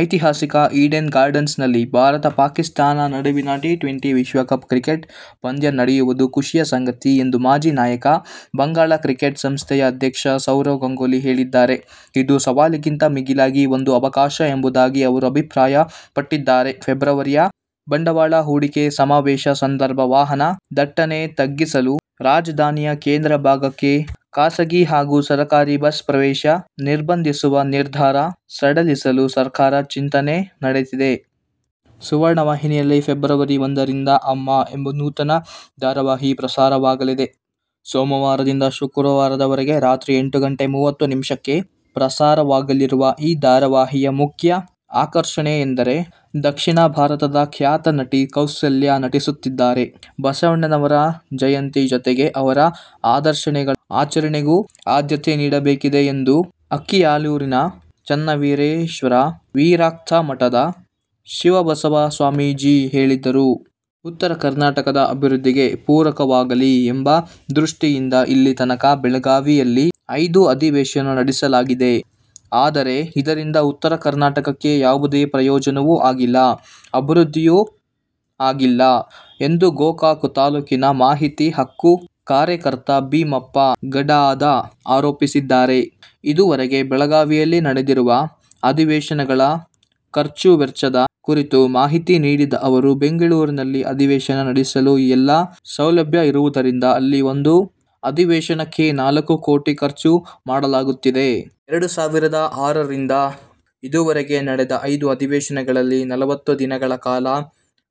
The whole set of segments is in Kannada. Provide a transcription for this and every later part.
ಐತಿಹಾಸಿಕ ಈಡನ್ ಗಾರ್ಡನ್ಸ್'ನಲ್ಲಿ ಭಾರತ-ಪಾಕಿಸ್ಥಾನ ನಡುವಿನ ಟಿ-ಟ್ವೆಂಟಿ ವಿಶ್ವಕಪ್ ಕ್ರಿಕೆಟ್ ಪಂದ್ಯ ನಡೆಯುವುದು ಖುಷಿಯ ಸಂಗತಿ ಎಂದು ಮಾಜಿ ನಾಯಕ, ಬಂಗಾಲ ಕ್ರಿಕೆಟ್ ಸಂಸ್ಥೆಯ ಅಧ್ಯಕ್ಷ ಸೌರವ್ ಗಂಗೂಲಿ ಹೇಳಿದ್ದಾರೆ. ಇದು ಸವಾಲಿಗಿಂತ ಮಿಗಿಲಾಗಿ ಒಂದು ಅವಕಾಶ ಎಂಬುದಾಗಿ ಅವರು ಅಭಿಪ್ರಾಯಪಟ್ಟಿದ್ದಾರೆ. ಫೆಬ್ರವರಿಯ ಬಂಡವಾಳ ಹೂಡಿಕೆ ಸಮಾವೇಶ ಸಂದರ್ಭ ವಾಹನ ದಟ್ಟಣೆ ತಗ್ಗಿಸಲು ರಾಜಧಾನಿಯ ಕೇಂದ್ರ ಭಾಗಕ್ಕೆ ಖಾಸಗಿ ಹಾಗೂ ಸರ್ಕಾರಿ ಬಸ್ ಪ್ರವೇಶ ನಿರ್ಬಂಧಿಸುವ ನಿರ್ಧಾರ ಸಡಿಲಿಸಲು ಸರ್ಕಾರ ಚಿಂತನೆ ನಡೆಸಿದೆ. ಸುವರ್ಣ ವಾಹಿನಿಯಲ್ಲಿ ಫೆಬ್ರವರಿ ಒಂದರಿಂದ ಅಮ್ಮ ಎಂಬ ನೂತನ ಧಾರಾವಾಹಿ ಪ್ರಸಾರವಾಗಲಿದೆ. ಸೋಮವಾರದಿಂದ ಶುಕ್ರವಾರದವರೆಗೆ ರಾತ್ರಿ ಎಂಟು ಗಂಟೆ ಮೂವತ್ತು ನಿಮಿಷಕ್ಕೆ ಪ್ರಸಾರವಾಗಲಿರುವ ಈ ಧಾರಾವಾಹಿಯ ಮುಖ್ಯ ಆಕರ್ಷಣೆ ಎಂದರೆ, ದಕ್ಷಿಣ ಭಾರತದ ಖ್ಯಾತ ನಟಿ ಕೌಸಲ್ಯಾ ನಟಿಸುತ್ತಿದ್ದಾರೆ. ಬಸವಣ್ಣನವರ ಜಯಂತಿ ಜೊತೆಗೆ ಅವರ ಆದರ್ಶಗಳ ಆಚರಣೆಗೂ ಆದ್ಯತೆನಿಡಬೇಕಾಗಿದೆ ಎಂದು ಅಕ್ಕಿಆಲೂರಿನ ಚನ್ನವೀರೇಶ್ವರ ವಿರಕ್ತಮಠದ ಶಿವಬಸವಸ್ವಾಮೀಜಿ ಹೇಳಿದರು. ಉತ್ತರ ಕರ್ನಾಟಕದ ಅಭಿವೃದ್ಧಿಗೆ ಪೂರಕವಾಗಲಿ ಎಂಬ ದೃಷ್ಟಿಯಿಂದ ಇಲ್ಲಿಯ ತನಕ ಬೆಳಗಾವಿಯಲ್ಲಿ ಐದು ಅಧಿವೇಶನ ನಡೆಸಲಾಗಿದೆ. ಆದರೆ ಇದರಿಂದ ಉತ್ತರ ಕರ್ನಾಟಕಕ್ಕೆ ಯಾವುದೇ ಪ್ರಯೋಜನವೂ ಆಗಿಲ್ಲ, ಅಭಿವೃದ್ಧಿಯೂ ಆಗಿಲ್ಲ ಎಂದು ಗೋಕಾಕ ತಾಲೂಕಿನ ಮಾಹಿತಿ ಹಕ್ಕು ಕಾರ್ಯಕರ್ತ ಭೀಮಪ್ಪ ಗಡಾದ ಆರೋಪಿಸಿದ್ದಾರೆ. ಇದುವರೆಗೆ ಬೆಳಗಾವಿಯಲ್ಲಿ ನಡೆದಿರುವ ಅಧಿವೇಶನಗಳ ಖರ್ಚು ವೆಚ್ಚದ ಕುರಿತು ಮಾಹಿತಿ ನೀಡಿದ ಅವರು, ಬೆಂಗಳೂರಿನಲ್ಲಿ ಅಧಿವೇಶನ ನಡೆಸಲು ಎಲ್ಲ ಸೌಲಭ್ಯ ಇರುವುದರಿಂದ ಅಲ್ಲಿ ಒಂದು ಅಧಿವೇಶನಕ್ಕೆ ನಾಲ್ಕು ಕೋಟಿ ಖರ್ಚು ಮಾಡಲಾಗುತ್ತಿದೆ. ಎರಡು ಸಾವಿರದ ಆರರಿಂದ ಈವರೆಗೆ ನಡೆದ ಐದು ಅಧಿವೇಶನಗಳಲ್ಲಿ ನಲ್ವತ್ತು ದಿನಗಳ ಕಾಲ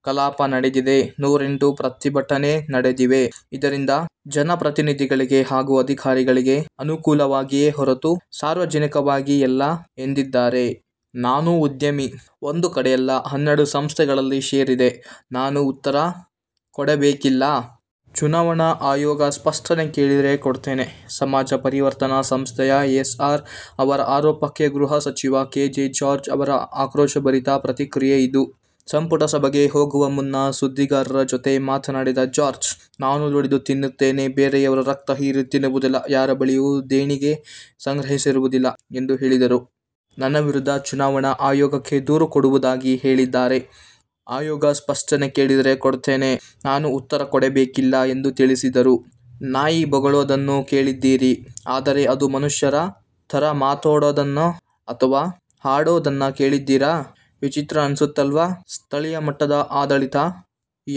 ಕಲಾಪ ನಡೆದಿದೆ. ನೂರೆಂಟು ಪ್ರತಿಭಟನೆ ನಡೆದಿವೆ. ಇದರಿಂದ ಜನಪ್ರತಿನಿಧಿಗಳಿಗೆ ಹಾಗೂ ಅಧಿಕಾರಿಗಳಿಗೆ ಅನುಕೂಲವಾಗಿದೆಯೇ ಹೊರತು ಸಾರ್ವಜನಿಕರಿಗೆ ಅಲ್ಲ ಎಂದಿದ್ದಾರೆ. "ನಾನು ಉದ್ಯಮಿ. ಒಂದು ಕಡೆಯಲ್ಲ, ಹನ್ನೆರಡು ಸಂಸ್ಥೆಗಳಲ್ಲಿ ಷೇರಿದೆ. ನಾನು ಉತ್ತರ ಕೊಡಬೇಕಿಲ್ಲ. ಚುನಾವಣಾ ಆಯೋಗ ಸ್ಪಷ್ಟನೆ ಕೇಳಿದ್ರೆ ಕೊಡ್ತೇನೆ. ಸಮಾಜ ಪರಿವರ್ತನಾ ಸಂಸ್ಥೆಯ ಎಸ್. ಆರ್. ಅವರ ಆರೋಪಕ್ಕೆ ಗೃಹ ಸಚಿವ ಕೆ. ಜೆ. ಜಾರ್ಜ್ ಅವರ ಆಕ್ರೋಶಭರಿತ ಪ್ರತಿಕ್ರಿಯೆಯಿದು. ಸಂಪುಟ ಸಭೆಗೆ ಹೋಗುವ ಮುನ್ನ ಸುದ್ದಿಗಾರರ ಜತೆ ಮಾತನಾಡಿದ ಜಾರ್ಜ್, ನಾನು ದುಡಿದು ತಿನ್ನುತ್ತೇನೆ. ಬೇರೆಯವರ ರಕ್ತ ಹೀರಿ ತಿನ್ನುವುದಿಲ್ಲ, ಯಾರ ಬಳಿಯೂ ದೇಣಿಗೆ ಸಂಗ್ರಹಿಸುವುದಿಲ್ಲ ಎಂದು ಹೇಳಿದರು. ನನ್ನ ವಿರುದ್ಧ ಚುನಾವಣಾ ಆಯೋಗಕ್ಕೆ ದೂರು ಕೊಡುವುದಾಗಿ ಹೇಳಿದ್ದಾರೆ. ಆಯೋಗ ಸ್ಪಷ್ಟನೆ ಕೇಳಿದರೆ ಕೊಡ್ತೇನೆ. ನಾನು ಉತ್ತರ ಕೊಡಬೇಕಿಲ್ಲ ಎಂದು ತಿಳಿಸಿದರು. ನಾಯಿ ಬೊಗಳೋದನ್ನ ಕೇಳಿದೀರಿ. ಆದರೆ ಅದು ಮನುಷ್ಯರ ಥರ ಮಾತಾಡೋದನ್ನ ಅಥವಾ ಹಾಡೋದನ್ನ ಕೇಳಿದೀರಾ? ವಿಚಿತ್ರ ಅನ್ಸತ್ತಲ್ವಾ? ಸ್ಥಳೀಯ ಮಟ್ಟದ ಆಡಳಿತ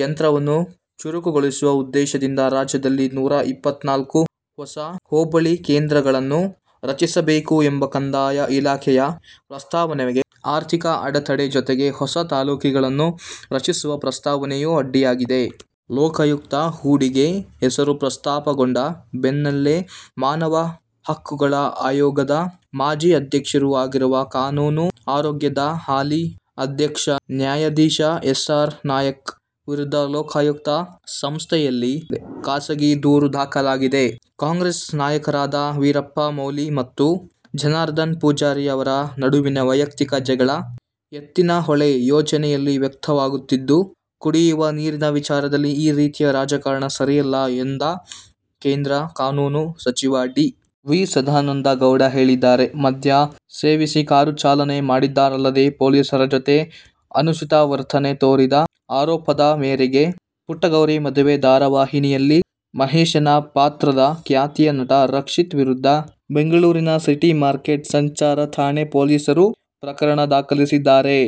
ಯಂತ್ರವನ್ನು ಚುರುಕುಗೊಳಿಸುವ ಉದ್ದೇಶದಿಂದ ರಾಜ್ಯದಲ್ಲಿ ನೂರಾ ಇಪ್ಪತ್ನಾಲ್ಕು ಹೊಸ ಹೋಬಳಿ ಕೇಂದ್ರಗಳನ್ನು ರಚಿಸಬೇಕು ಎಂಬ ಕಂದಾಯ ಇಲಾಖೆಯ ಪ್ರಸ್ತಾವನೆಗೆ ಆರ್ಥಿಕ ಅಡೆತಡೆಯ ಜೊತೆಗೆ ಹೊಸ ತಾಲೂಕುಗಳನ್ನು ರಚಿಸುವ ಪ್ರಸ್ತಾವನೆಯೂ ಅಡ್ಡಿಯಾಗಿದೆ. ಲೋಕಾಯುಕ್ತ ಹುದ್ದೆಗೆ ಹೆಸರು ಪ್ರಸ್ತಾಪಗೊಂಡ ಬೆನ್ನಲ್ಲೇ ಮಾನವ ಹಕ್ಕುಗಳ ಆಯೋಗದ ಮಾಜಿ ಅಧ್ಯಕ್ಷರೂ ಆಗಿರುವ ಕಾನೂನು ಆಯೋಗದ ಹಾಲಿ ಅಧ್ಯಕ್ಷ ನ್ಯಾಯಾಧೀಶ ಎಸ್. ಆರ್. ನಾಯಕ್ ವಿರುದ್ಧ ಲೋಕಾಯುಕ್ತ ಸಂಸ್ಥೆಯಲ್ಲಿ ಖಾಸಗಿ ದೂರು ದಾಖಲಾಗಿದೆ. ಕಾಂಗ್ರೆಸ್ ನಾಯಕರಾದ ವೀರಪ್ಪ ಮೊಯ್ಲಿ ಮತ್ತು ಜನಾರ್ದನ ಪೂಜಾರಿ ಅವರ ನಡುವಿನ ವೈಯಕ್ತಿಕ ಜಗಳ ಎತ್ತಿನಹೊಳೆ ಯೋಜನೆಯಲ್ಲಿ ವ್ಯಕ್ತವಾಗುತ್ತಿದ್ದು, ಕುಡಿಯುವ ನೀರಿನ ವಿಚಾರದಲ್ಲಿ ಈ ರೀತಿಯ ರಾಜಕಾರಣ ಸರಿಯಲ್ಲ ಎಂದು ಕೇಂದ್ರ ಕಾನೂನು ಸಚಿವ ಡಿ. ವಿ. ಸದಾನಂದ ಗೌಡ ಹೇಳಿದ್ದಾರೆ. ಮದ್ಯ ಸೇವಿಸಿ ಕಾರು ಚಾಲನೆ ಮಾಡಿದ್ದಲ್ಲದೆ, ಪೊಲೀಸರ ಜತೆ ಅನುಚಿತ ವರ್ತನೆ ತೋರಿದ ಆರೋಪದ ಮೇರೆಗೆ ಪುಟ್ಟಗೌರಿ ಮದುವೆ ಧಾರಾವಾಹಿಯಲ್ಲಿನ ಮಹೇಶನ ಪಾತ್ರದ ಖ್ಯಾತಿಯ ನಟ ರಕ್ಷಿತ್ ವಿರುದ್ಧ ಬೆಂಗಳೂರಿನ ಸಿಟಿ ಮಾರ್ಕೆಟ್ ಸಂಚಾರ ಠಾಣೆ ಪೊಲೀಸರು ಪ್ರಕರಣ ದಾಖಲಿಸಿದ್ದಾರೆ.